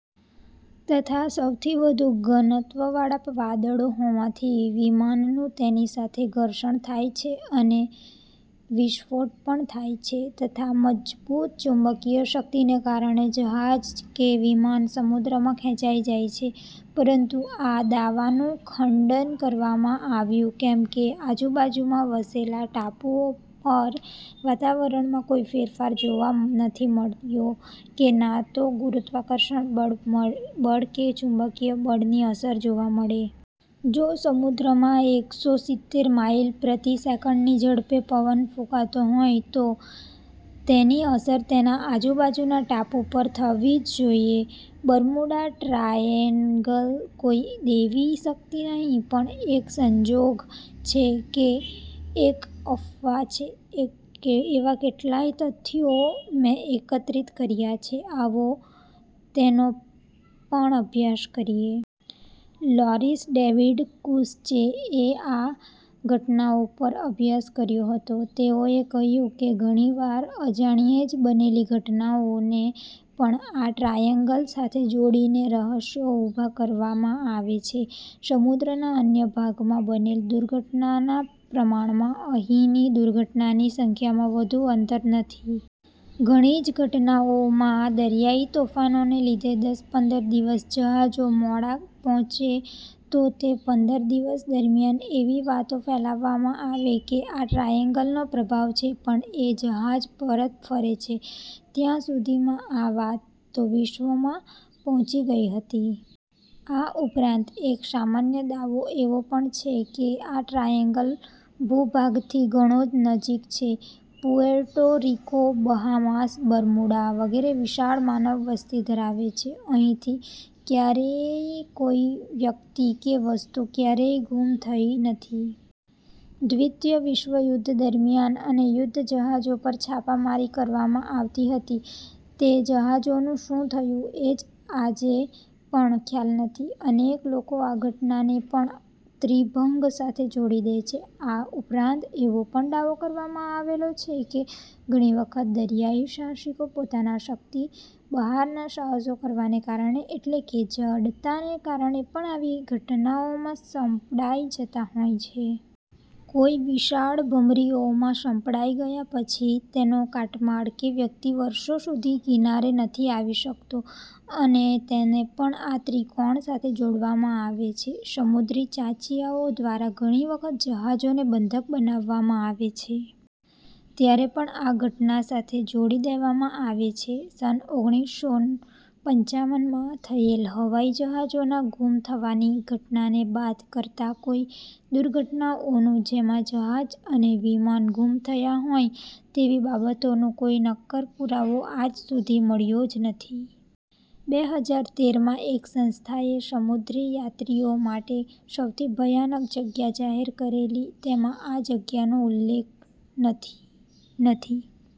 તથા સૌથી વધુ ઘનત્વવાળા વાદળો હોવાથી વિમાનનુ તેની સાથે ઘર્ષણ થાય છે અને વિસ્ફોટ પણ થાય છે તથા મજબુત ચુંબકિય શક્તિને કારણે જહાજ કે વિમાન સમુદ્રમાં ખેચાઇ જાય છે. પરંતુ આ દાવાનુ ખંડન કરવામાં આવ્યુ કેમ કે આજુબાજુમાં વસેલા ટાપુઓ પર વાતાવરણમાં કોઇ ફેરફાર જોવા નથી મળ્યો કે ના તો ગુરુત્વાકર્ષણ બળ કે ચુંબકિય બળની અસર જોવા મળી. જો સમુદ્રમાં એકસો સિત્તેર માઇલ પ્રતિ સેકન્ડની ઝડપે પવન ફુંકાતો હોય તો તેની અસર તેના આજુબાજુના ટાપુ પર થવી જ જોઇએ. બર્મુડા ટ્રાયેન્ગલ કોઇ દેવી શક્તિ નહિ પણ એક સંજોગ છે કે એક અફવા છે એવા કેટલાય તથ્યો મે એકત્રિત કર્યા છે, આવો તેનો પણ અભ્યાસ કરીએ. લોરિસ ડેવિડ કુસ્ચે એ આ ઘટનાઓ પર અભ્યાસ કર્યો હતો. તેઓએ કહ્યુ કે, ઘણીવાર અજાણ્યે જ બનેલી ઘટનાઓને પણ આ ટ્રાયેન્ગલ સાથે જોડીને રહસ્યો ઉભા કરવામાં આવે છે. સમુદ્રના અન્ય ભાગમા બનેલ દુર્ઘટનાના પ્રમાણમાં અહિની દુર્ઘટનાની સંખ્યામાં વધુ અંતર નથી. ઘણી જ ઘટનાઓમાં દરીયાઇ તોફાનોને લીધે દસ પંદર દિવસ જહાજો મોડા પહોચે તો, તે પંદર દિવસ દરમ્યાન એવી વાતો ફેલાવવામાં આવે કે આ ટ્રાયેન્ગલનો પ્રભાવ છે પણ એ જહાજ પરત ફરે છે. ત્યા સુધીમાં આ વાત તો વિશ્વમાં પહોચી ગઇ હતી. આ ઉપરાંત એક સામાન્ય દાવો એવો પણ છે કે, આ ટ્રાયેન્ગલ ભુભાગથી ઘણો જ નજીક છે. પુએર્ટો રિકો, બહામાસ, બર્મુડા વગેરે વિશાળ માનવવસ્તી ધરાવે છે. અહિથી ક્યારેય કોઇ વ્યક્તિ કે વસ્તુ ક્યારેય ગુમ થઈ નથી. દ્રિતિય વિશ્વયુધ્ધ દરમ્યાન અને યુધ્ધ જહાજો પર છાપામારી કરવામાં આવતી હતી. તે જહાજોનુ શુ થયુ એ જ આજે પણ ખ્યાલ નથી. અનેક લોકો આ ઘટનાને પણ ત્રિભંગ સાથે જોડી દે છે. આ ઉપરાંત એવો પણ દાવો કરવામાં આવેલો છે કે, ઘણી વખત દરીયાઇ સાહસિકો પોતાના શક્તિ બહારના સાહસો કરવાને કારણે એટલે કે જડતાને કારણે પણ આવી ઘટનાઓમાં સંપડાઇ જતા હોય છે. કોઇ વિશાળ ભમરીઓમાં સંપડાઇ ગયા પછી તેનો કાટમાળ કે વ્યક્તિ વર્ષો સુધી કિનારે નથી આવી શક્તો અને તેને પણ આ ત્રિકોણ સાથે જોડવામાં આવે છે. સમુદ્રી ચાંચીયાઓ દ્વારા ઘણી વખત જહાજોને બંધક બનાવવામાં આવે છે. ત્યારે પણ આ ઘટના સાથે જોડી દેવામાં આવે છે. સન ઓગણીસો પંચાવનમાં થયેલ હવાઇ જહાજોના ગુમ થવાની ઘટના ને બાદ કરતા કોઇ દુર્ઘટનાઓનુ જેમા જહાજ અને વિમાન ગુમ થયા હોય તેવી બાબતોનુ કોઇ નક્કર પુરાવો આજ સુધી મળ્યો જ નથી. બે હજાર તેરમાં એક સંસ્થા એ સમુદ્રીયાત્રીઓ માટે સૌથી ભયાનક જગ્યા જાહેર કરેલી તેમાં આ જગ્યાનો ઉલ્લેખન નથી નથી.